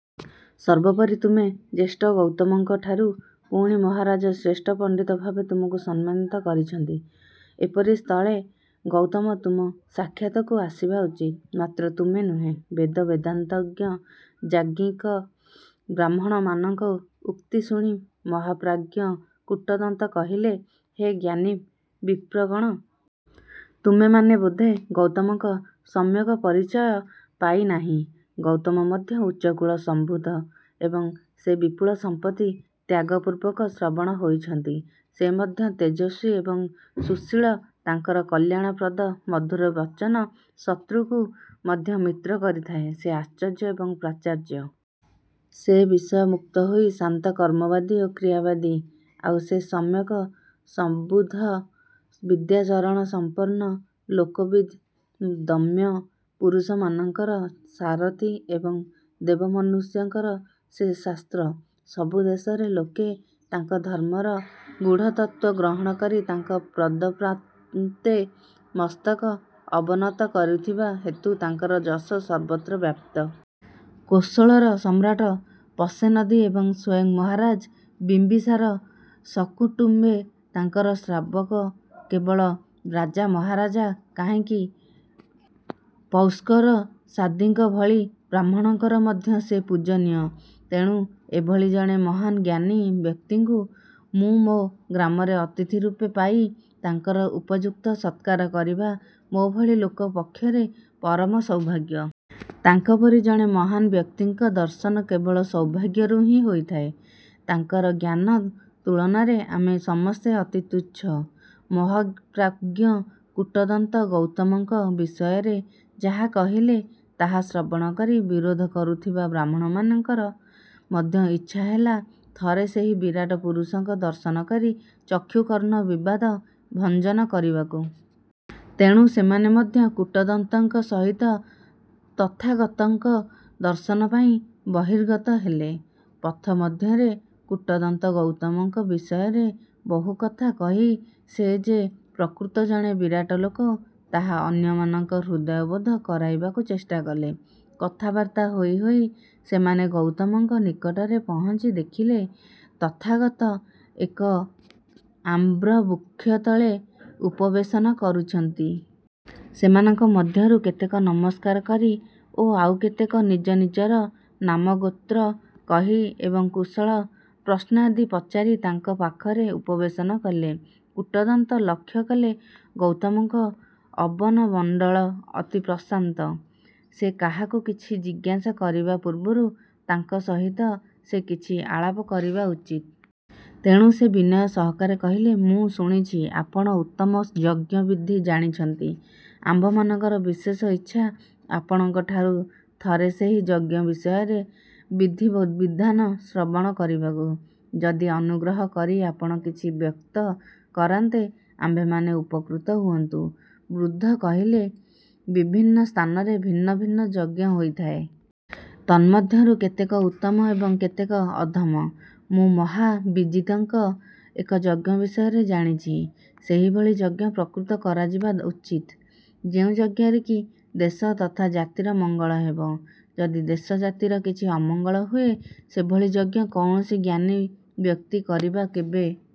ସର୍ବୋପରି ତୁମେ ଜ୍ୟେଷ୍ଠ ଗୌତମଙ୍କ ଠାରୁ। ପୁଣି ମହାରାଜ ଶ୍ରେଷ୍ଠ ପଣ୍ଡିତ ଭାବେ ତୁମକୁ ସମ୍ମାନିତ କରିଛନ୍ତି। ଏପରି ସ୍ଥଳେ ଗୌତମ ତୁମ ସାକ୍ଷାତକୁ ଆସିବା ଉଚିତ; ମାତ୍ର ତୁମେ ନୁହଁ। ବେଦ ବେଦାନ୍ତଜ୍ଞ ଯାଜ୍ଞିକ ବ୍ରାହ୍ମଣମାନଙ୍କ ଉକ୍ତି ଶୁଣି ମହାପ୍ରାଜ୍ଞ କୂଟଦନ୍ତ କହିଲେ, ହେ ଜ୍ଞାନୀ ବିପ୍ରଗଣ! ତୁମେମାନେ ବୋଧେ ଗୌତମଙ୍କ ସମ୍ୟକ ପରିଚୟ ପାଇନାହିଁ। ଗୌତମ ମଧ୍ୟ ଉଚ୍ଚକୁଳ ସମ୍ଭୂତ ଏବଂ ସେ ବିପୁଳ ସମ୍ପତ୍ତି ତ୍ୟାଗପୂର୍ବକ ଶ୍ରମଣ ହୋଇଛନ୍ତି। ସେ ମଧ୍ୟ ତେଜସ୍ୱୀ ଏବଂ ସୁଶୀଳ। ତାଙ୍କର କଲ୍ୟାଣ ପ୍ରଦ ମଧୁର ବଚନ ଶତୃକୁ ମଧ୍ୟ ମିତ୍ର କରିଥାଏ। ସେ ଆଚାର୍ଯ୍ୟ ଏବଂ ପ୍ରାଚାର୍ଯ୍ୟ। ସେ ବିଷୟ ମୁକ୍ତ ହୋଇ ଶାନ୍ତ, କର୍ମବାଦୀ ଓ କ୍ରିୟାବାଦୀ-ଆଉ ସେ ସମ୍ୟକ ସଂବୁଦ୍ଧ, ବିଦ୍ୟାଚରଣ ସମ୍ପନ୍ନ ଲୋକବିଦ୍ ଦମ୍ୟ ପୁରୁଷମାନଙ୍କର ସାରଥୀ ଏବଂ ଦେବମନୁଷ୍ୟଙ୍କର ସେ ଶାସ୍ତ୍ର। ସବୁଦେଶରେ ଲୋକେ ତାଙ୍କ ଧର୍ମର ଗୂଢ଼ତତ୍ତ୍ୱ ଗ୍ରହଣ କରି ତାଙ୍କ ପଦପ୍ରାନ୍ତେ ମସ୍ତକ ଅବନତ କରୁଥିବା ହେତୁ ତାଙ୍କର ଯଶ ସର୍ବତ୍ର ବ୍ୟାପ୍ତ। କୋଶଳର ସମ୍ରାଟ ପସେନଦୀ ଏବଂ ସ୍ୱୟଂ ମହାରାଜ ବିମ୍ୱିସାର ସକୁଟୁମ୍ୱେ ତାଙ୍କର ଶ୍ରାବକ। କେବଳ ରାଜା ମହାରାଜା କାହିଁକି ପୌଷ୍କରସାଦୀଙ୍କ ଭଳି ବ୍ରାହ୍ମଣଙ୍କର ମଧ୍ୟ ସେ ପୂଜନୀୟ। ତେଣୁ ଏଭଳି ଜଣେ ମହାନ୍ ଜ୍ଞାନୀ ବ୍ୟକ୍ତିଙ୍କୁ ମୁଁମୋ ଗ୍ରାମରେ ଅତିଥି ରୂପେ ପାଇ ତାଙ୍କର ଉପଯୁକ୍ତ ସତ୍କାର କରିବା ମୋଭଳି ଲୋକ ପକ୍ଷରେ ପରମ ସୌଭାଗ୍ୟ। ତାଙ୍କପରି ଜଣେ ମହାନ୍ ବ୍ୟକ୍ତିଙ୍କ ଦର୍ଶନ କେବଳ ସୌଭାଗ୍ୟରୁ ହିଁ ହୋଇଥାଏ। ତାଙ୍କର ଜ୍ଞାନ ତୁଳନାରେ ଆମେ ସମସ୍ତେ ଅତି ତୁଚ୍ଛ। ମହାପ୍ରାଜ୍ଞ କୂଟଦନ୍ତ ଗୌତମଙ୍କ ବିଷୟରେ ଯାହା କହିଲେ ତାହା ଶ୍ରବଣ କରି ବିରୋଧ କରୁଥିବା ବ୍ରାହ୍ମଣମାନଙ୍କର ମଧ୍ୟ ଇଚ୍ଛାହେଲା ଥରେ ସେହି ବିରାଟ ପୁରୁଷଙ୍କ ଦର୍ଶନ କରି ଚକ୍ଷୁ କର୍ଣ୍ଣ ବିବାଦ ଭଞ୍ଜନ କରିବାକୁ। ତେଣୁ ସେମାନେ ମଧ୍ୟ କୂଟଦନ୍ତଙ୍କ ସହିତ ତଥାଗତଙ୍କ ଦର୍ଶନ ପାଇଁ ବହିର୍ଗତ ହେଲେ। ପଥ ମଧ୍ୟରେ କୂଟଦନ୍ତ ଗୌତମଙ୍କ ବିଷୟରେ ବହୁ କଥା କହି ସେ ଯେ ପ୍ରକୃତ ଜଣେ ବିରାଟ ଲୋକ ତାହା ଅନ୍ୟମାନଙ୍କ ହୃଦବୋଧ କରାଇବାକୁ ଚେଷ୍ଟା କଲେ। କଥାବାର୍ତ୍ତା ହୋଇ ହୋଇ ସେମାନେ ଗୌତମଙ୍କ ନିକଟରେ ପହଞ୍ଚି ଦେଖିଲେ, ତଥାଗତ ଏକ ଆମ୍ରବୃକ୍ଷତଳେ ଉପବେଶନ କରିଛନ୍ତି। ସେମାନଙ୍କ ମଧ୍ୟରୁ କେତେକ ନମସ୍କାର କରି ଓ ଆଉ କେତେକ ନିଜ ନିଜର ନାମଗୋତ୍ର କହି ଏବଂ କୁଶଳ ପ୍ରଶ୍ନାଦି ପଚାରି ତାଙ୍କ ପାଖରେ ଉପବେଶନ କଲେ। କୂଟଦନ୍ତ ଲକ୍ଷ୍ୟ କଲେ ଗୌତମଙ୍କ ବଦନ ମଣ୍ଡଳ ଅତି ପ୍ରଶାନ୍ତ। ସେ କାହାକୁ କିଛି ଜିଜ୍ଞାସା କରିବା ପୂର୍ବରୁ ତାଙ୍କ ସହିତ ସେ କିଛି ଆଳାପ କରିବା ଉଚିତ। ତେଣୁ ସେ ବିନୟ ସହକାରେ କହିଲେ-ମୁଁ ଶୁଣିଛି ଆପଣ ଉତ୍ତମ ଯଜ୍ଞ ବିଦ୍ଧି ଜାଣିଛନ୍ତି। ଆମ୍ଭମାନଙ୍କର ବିଶେଷ ଇଚ୍ଛା ଆପଣଙ୍କଠାରୁ ଥରେ ସେହି ଯଜ୍ଞ ବିଷୟକ ବିଧିବିଧାନ ଶ୍ରବଣ କରିବାକୁ। ଯଦି ଅନୁଗ୍ରହ କରି ଆପଣ କିଛି ବ୍ୟକ୍ତ କରନ୍ତେ ଆମ୍ଭେମାନେ ଉପକୃତ ହୁଅନ୍ତୁ। ବୁଦ୍ଧ କହିଲେ, ବିଭିନ୍ନ ସ୍ଥାନରେ ଭିନ୍ନ ଭିନ୍ନ ଯଜ୍ଞ ହୋଇଥାଏ। ତନ୍ମଧ୍ୟରୁ କେତେକ ଉତ୍ତମ ଏବଂ କେତେକ ଅଧମ। ମୁଁ ମହାବିଜିତଙ୍କ ଏକ ଯଜ୍ଞ ବିଷୟ ଜାଣିଛି। ସେହିଭଳି ଯଜ୍ଞ ପ୍ରକୃତ କରାଯିବା ଉଚିତ୍। ଯେଉଁ ଯଜ୍ଞରେ କି ଦେଶ ତଥା ଜାତିର ମଙ୍ଗଳ ହେବ। ଯଦି ଦେଶ ଜାତିର କିଛି ଅମଙ୍ଗଳ ହୁଏ ସେଭଳି ଯଜ୍ଞ କୌଣସି ଜ୍ଞାନୀ ବ୍ୟକ୍ତି କରିବା କେବେ